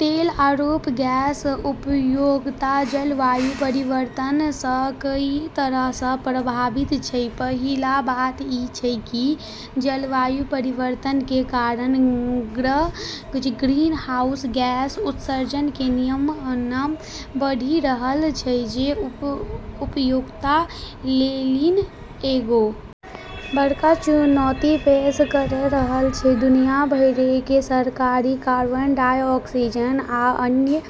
तेल आरू गैस उद्योग जलवायु परिवर्तन से कई तरह से प्रभावित छै। पहिल बात ई छै कि जलवायु परिवर्तन के कारण ग्रीनहाउस गैस उत्सर्जन के नियमन बढ़ी रहलऽ छै जे उद्योग लेली एगो बड़ऽ चुनौती पेश करी रहलऽ छै, दुनिया भर कें सरकारक कार्बन डाइऑक्साइड आ अन्य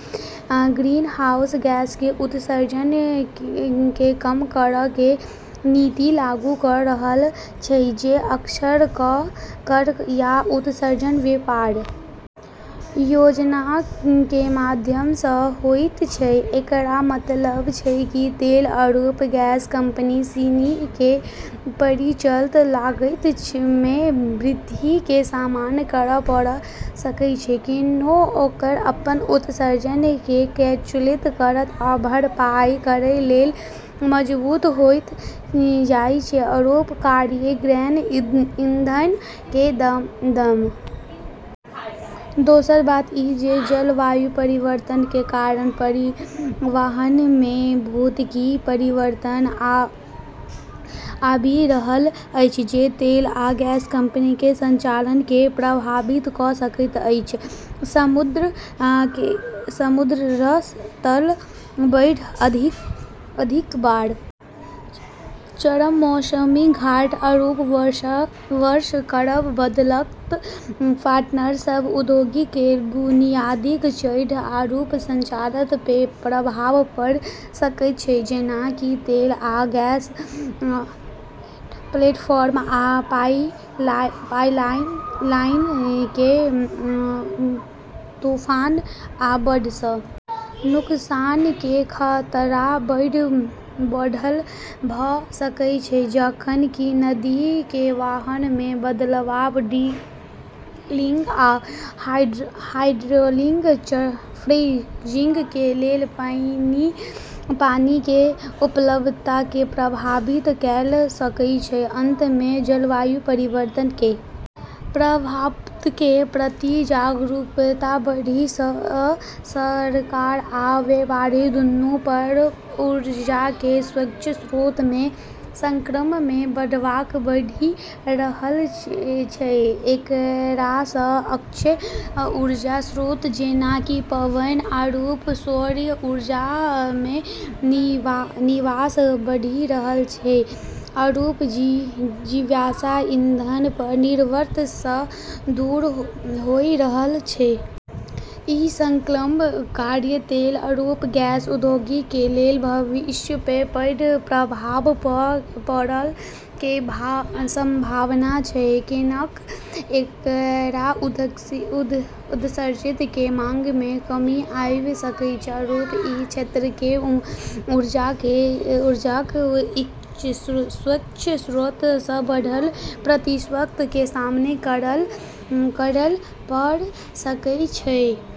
ग्रीनहाउस गैस कें उत्सर्जन कें कम करय कें नीति लागू करय रहल छै जे अक्सर कर या उत्सर्जन व्यापार योजना कें माध्यम सं होयत छै, एकरऽ मतलब छै कि तेल आरू गैस कंपनी सिनी के परिचालन लागत मे वृद्धि के सामना करना पड़े सकै छै कैन्हेंकि ओकरा अपनऽ उत्सर्जन के कैप्चर करै या भरपाई करै लेली मजबूर होय जाय छै आरू कार्बन-गहन ईंधन केरऽ दाम बढ़ला से ओकरऽ उत्पादऽ के मांग मे कमी भी आबी सकै छै। दोसर बात ई जे जलवायु परिवर्तन के कारण पर्यावरण में भौतिक परिवर्तन आबि रहल अछि जे तेल आ गैस कंपनी के संचालन के प्रभावित क सकैत अछि, समुद्र केरऽ तल बढ़ना, अधिक बार चरम मौसमी घटना आरू वर्षा केरऽ बदलतऽ पैटर्न सब उद्योग केरऽ बुनियादी ढाँचा आरू संचालन पे प्रभाव डाले सकै छै जेना कि तेल आ गैस प्लेटफार्म आ पाइपलाइन कें तूफान आ बाढ़ सं नुकसान कें खतरा बढ़ल भ सकय छै जखन कि नदी कें बहाव मे बदलाव ड्रिलिंग आ हाइड्रोलिक फ्रैक्चरिंग कें लेल पानी कें उपलब्धता कें प्रभावित कयर सकय छै, अंत मे जलवायु परिवर्तन कें प्रभावक कें प्रति जागरूकता बढ़ला सं सरकार आ व्यवसाय दूनू पर ऊर्जा कें स्वच्छ स्रोत मे संक्रमण कें दबाव बढ़ी रहल छै, एकरा से अक्षय ऊर्जा स्रोत जेना कि पवन आरू सौर ऊर्जा मे निवेश बढ़ी रहलऽ छै आरू जीवाश्म ईंधन पे निर्भरता से दूर होय रहलऽ छै। ई संक्रमण केरऽ तेल आरू गैस उद्योग केरऽ भविष्य पे बड़ऽ प्रभाव पड़ै के संभावना छै कैन्हेंकि एकरऽ उत्पादऽ के मांग मे कमी आबी सकै छै आरू ई क्षेत्र के ऊर्जा केरऽ स्वच्छ स्रोतऽ से बढ़लऽ प्रतिस्पर्धा के सामना करना पड़े सकै छै।